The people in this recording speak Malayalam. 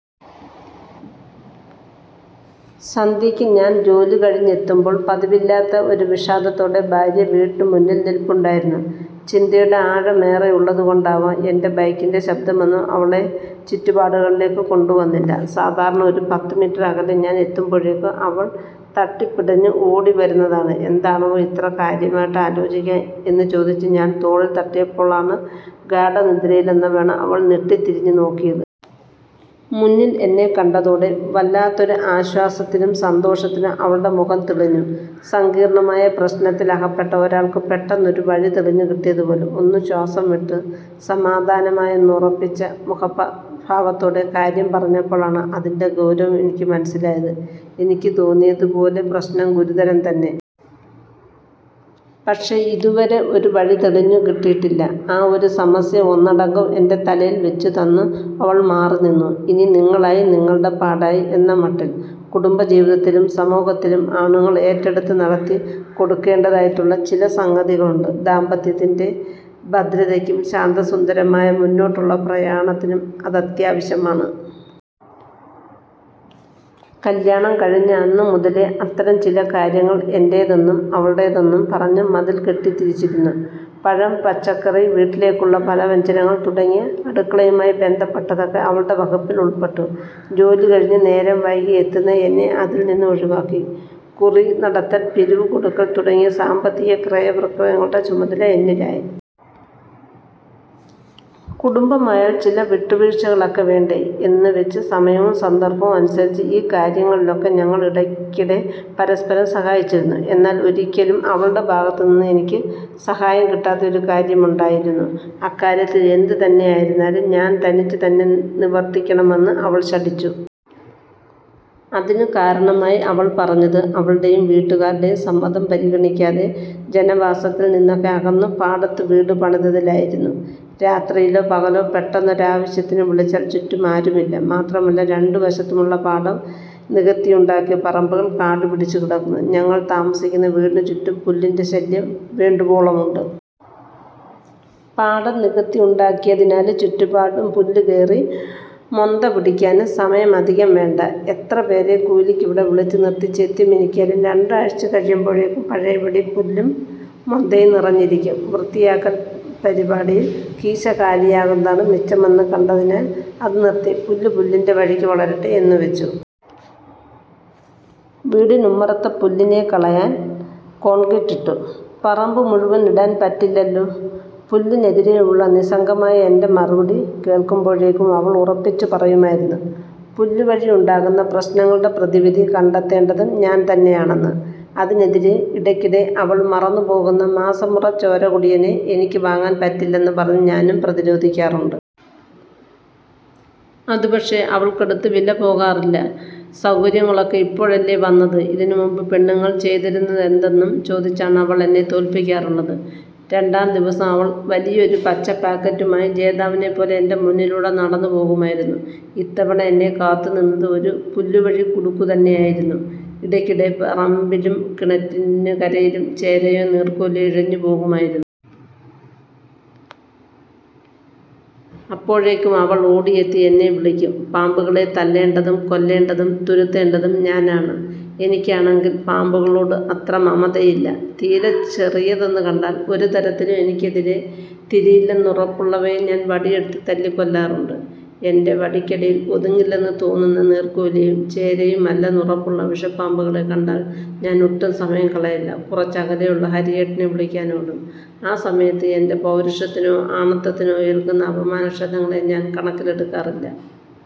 സന്ധ്യയ്ക്ക് ഞാന്‍ ജോലി കഴിഞ്ഞെത്തുമ്പോൾ പതിവില്ലാത്ത ഒരു വിഷാദത്തോടെ ഭാര്യ വീടിനുമുമ്പിൽ നില്പുണ്ടായിരുന്നു. ചിന്തയുടെ ആഴമേറെയുള്ളതുകൊണ്ടാവാം എന്‍റെ ബൈക്കിന്‍റെ ശബ്ദമൊന്നും അവളെ ചുറ്റുപ്പാടുകളിലേക്ക് കൊണ്ടുവന്നില്ല. സാധാരണ ഒരു പത്തുമീറ്റർ അകലെ ഞാന്‍ എത്തുമ്പോഴേക്കും അവള്‍ തട്ടിപ്പിടഞ്ഞ് ഓടി വരുന്നതാണ്. എന്താണാവോ ഇത്ര കാര്യമായിട്ടാലോചിക്കാൻ എന്നു ചോദിച്ച് ഞാന്‍ തോളില്‍ തട്ടിയപ്പോഴാണ് ഗാഢനിദ്രയിലെന്നവണ്ണം അവള്‍ ഞെട്ടിത്തിരിഞ്ഞു നോക്കിയത്. മുന്നില്‍ എന്നെ കണ്ടതോടെ വല്ലാത്തൊരു ആശ്വാസത്തിലും സന്തോഷത്തിലും അവളുടെ മുഖം തെളിഞ്ഞു. സങ്കീര്‍ണ്ണമായ പ്രശ്നത്തില്‍ അകപ്പെട്ട ഒരാള്‍ക്ക് പെട്ടെന്ന് ഒരു വഴി തെളിഞ്ഞു കിട്ടിയതുപോലെ. ഒന്നു ശ്വാസം വിട്ട്, സമാധാനമായെന്നുറപ്പിച്ച മുഖഭാവത്തോടെ കാര്യം പറഞ്ഞപ്പോഴാണ് അതിന്‍റെ ഗൗരവം എനിക്കു മനസ്സിലായത്. എനിക്കു തോന്നിയതുപോലെ പ്രശ്നം ഗുരുതരം തന്നെ. പക്ഷേ ഇതുവരെ ഒരു വഴി തെളിഞ്ഞു കിട്ടിയിട്ടില്ല. ആ ഒരു സമസ്യ ഒന്നടങ്കം എന്‍റെ തലയില്‍ വെച്ചു തന്ന് അവള്‍ മാറി നിന്നു. ഇനി നിങ്ങളായി നിങ്ങളുടെ പാടായി എന്ന മട്ടില്‍. കുടുംബ ജീവിതത്തിലും സമൂഹത്തിലും ആണുങ്ങള്‍ ഏറ്റെടുത്ത് നടത്തി കൊടുക്കേണ്ടതായിട്ടുള്ള ചില സംഗതികളുണ്ട്. ദാമ്പത്യത്തിന്‍റെ ഭദ്രതയ്ക്കും ശാന്തസുന്ദരമായ മുന്നോട്ടുള്ള പ്രയാണത്തിനും അതത്യാവശ്യമാണ്. കല്ല്യാണം കഴിഞ്ഞ അന്നു മുതലെ അത്തരം ചില കാര്യങ്ങള്‍ എന്റെതെന്നും അവളുടെതെന്നും പറഞ്ഞ് മതില്‍ കെട്ടിത്തിരിച്ചിരുന്നു. പഴം, പച്ചക്കറി വീട്ടിലേക്കുള്ള പലവ്യഞ്ജനങ്ങള്‍ തുടങ്ങി അടുക്കളയുമായി ബന്ധപ്പെട്ടതൊക്കെ അവളുടെ വകുപ്പില്‍ ഉള്‍പ്പെട്ടു. ജോലികഴിഞ്ഞ് നേരം വൈകി എത്തുന്ന എന്നെ അതില്‍ നിന്ന് ഒഴിവാക്കി. കുറി നടത്തല്‍, പിരിവു കൊടുക്കല്‍ തുടങ്ങിയ സാമ്പത്തിക ക്രയവിക്രയങ്ങളുടെ ചുമതല എന്നിലായി. കുടുംബമായാല്‍ ചില വിട്ടുവീഴ്ചകളൊക്കെ വേണ്ടെ, എന്ന് വെച്ച് സമയവൂം സന്ദര്‍ഭവും അനുസരിച്ച് ഈ കാര്യങ്ങളിലൊക്കെ ഞങ്ങള്‍ ഇടയ്ക്കിടെ പരസ്പരം സഹായിച്ചിരുന്നു. എന്നാല്‍ ഒരിക്കലും അവളുടെ ഭാഗത്തു നിന്നും എനിക്ക് സഹായം കിട്ടാത്ത ഒരു കാര്യമുണ്ടായിരുന്നു. അക്കാര്യത്തില്‍ എന്തുതന്നെയായിരുന്നാലും ഞാന്‍ തനിച്ചു തന്നെ നിവര്‍ത്തിക്കണമെന്ന് അവള്‍ ശഠിച്ചു. അതിനു കാരണമായി അവള്‍ പറഞ്ഞത് അവളുടെയും വീട്ടുകാരുടെയും സമ്മതം പരിഗണിക്കാതെ ജനവാസത്തിൽ നിന്നൊക്കെ അകന്ന് പാടത്ത് വീടു പണിതതിലായിരുന്നു. രാത്രിയിലോ പകലോ പെട്ടെന്ന് ഒരാവശ്യത്തിന് വിളിച്ചാല്‍ ചുറ്റും ആരുമില്ല. മാത്രമല്ല രണ്ടു വശത്തുമുള്ള പാടം നികത്തിയുണ്ടാക്കിയ പറമ്പുകള്‍ കാടുപിടിച്ചു കിടക്കുന്നു. ഞങ്ങള്‍ താമസിക്കുന്ന വീടിനുചുറ്റം പുല്ലിന്‍റെ ശല്യം വേണ്ടുവോളമുണ്ട്. പാടം നികത്തിയുണ്ടാക്കിയതിനാല് ചുറ്റുപാടും പുല്ലകയറി മൊന്ത പിടിക്കാന് സമയമധികം വേണ്ട. എത്ര പേരെ കൂലിക്കിവിടെ വിളിച്ചു നിര്‍ത്തി ചെത്തിമിനുക്കിയാലും രണ്ടാഴ്ച കഴിയുമ്പോഴെക്കും പഴയപടി പുല്ലും മൊന്തയും നിറഞ്ഞിരിക്കും. വൃത്തിയാക്കല്‍ പരിപാടിയില്‍ കീശ കാലിയാകുന്നതാണ് മിച്ചമെന്നു കണ്ടതിനാൽ അത് നിര്‍ത്തി. പുല്ല് പുല്ലിന്‍റെ വഴിക്കു വളരട്ടെ എന്നുവെച്ചു. വീടിനുമ്മറത്തെ പുല്ലിനെ കളയാന്‍ കോണ്ക്രീറ്റ് ഇട്ടു. പറമ്പു മുഴുവന്‍ ഇടാന്‍ പറ്റില്ലല്ലോ. പുല്ലിനെതിരെയുള്ള നിസ്സംഗമായ എന്‍റെ മറുപടി കേള്‍ക്കുമ്പോഴേക്കു അവള്‍ ഉറപ്പിച്ചു പറയുമായിരുന്നു, പുല്ലുവഴിയുണ്ടാകുന്ന പ്രശ്നങ്ങളുടെ പ്രതിവിധി കണ്ടെത്തേണ്ടതും ഞാന്‍ തന്നെയാണെന്ന്. അതിനെതിരെ ഇടയ്ക്കിടെ അവള്‍ മറന്നുപോകുന്ന മാസമുറ ചോരകുടിയനെ എനിക്ക് വാങ്ങാന്‍ പറ്റില്ലെന്ന് പറഞ്ഞ് ഞാനും പ്രതിരോധിക്കാറുണ്ട്. അതു പക്ഷേ അവൾക്കടുത്ത് വിലപോകാറില്ല. സൗകര്യങ്ങളൊക്കെ ഇപ്പോഴല്ലേ വന്നത് ഇതിനുമുമ്പ് പെണ്ണുങ്ങള്‍ ചെയ്തിരുന്നതെന്തെന്നും ചോദിച്ചാണ് എന്നെ തോല്പിക്കാറുള്ളത്. രണ്ടാംദിവസം അവള്‍ വലിയ ഒരു പച്ച പാക്കറ്റുമായി ജേതാവിനെ പോലെ എന്‍റെ മുന്നിലൂടെ നടന്നു പോകുമായിരുന്നു. ഇത്തവണ എന്നെ കാത്തുനിന്നത് ഒരു പുല്ലുവഴി കുടുക്കു തന്നെയായിരുന്നു. ഇടയ്ക്കിടെ പറമ്പിലും കിണറ്റിന് കരയിലും ചേരയോ നീര്‍ക്കോലിയോ ഇഴഞ്ഞു പോകുമായിരുന്നു. അപ്പോഴൊക്കെ അവള്‍ ഓടിയെത്തി എന്നെ വിളിക്കും. പാമ്പുകളെ തല്ലേണ്ടതും കൊല്ലേണ്ടതും തുരത്തേണ്ടതും ഞാനാണ്. എനിക്കാണെങ്കിൽ പാമ്പുകളോട് അത്ര മമതയില്ല. തീരെ ചെറിയതെന്നു കണ്ടാല്‍, ഒരു തരത്തിലും എനിക്കെതിരെ തിരിയില്ലെന്നുറപ്പുള്ളവയെ ഞാന്‍ വടിയെടുത്ത് തല്ലിക്കൊല്ലാറുണ്ട്. എന്‍റെ വടിക്കടിയിൽ ഒതുങ്ങില്ലെന്നു തോന്നുന്ന, നീര്ക്കോലിയും ചേരയുമെല്ലന്ന് ഉറപ്പുള്ള വിഷപാമ്പുകളെ കണ്ടാല്‍ ഞാനൊട്ടും സമയം കളയില്ല; കുറച്ചകലെയുള്ള ഹരിയേട്ടനെ വിളിക്കാനോടും. ആ സമയത്ത് എന്‍റെ പൗരുഷത്തിനോ ആണത്തത്തിനോ ഏല്‍ക്കുന്ന അപമാനക്ഷതങ്ങളെ ഞാന്‍ കണക്കിലെടുക്കാറില്ല.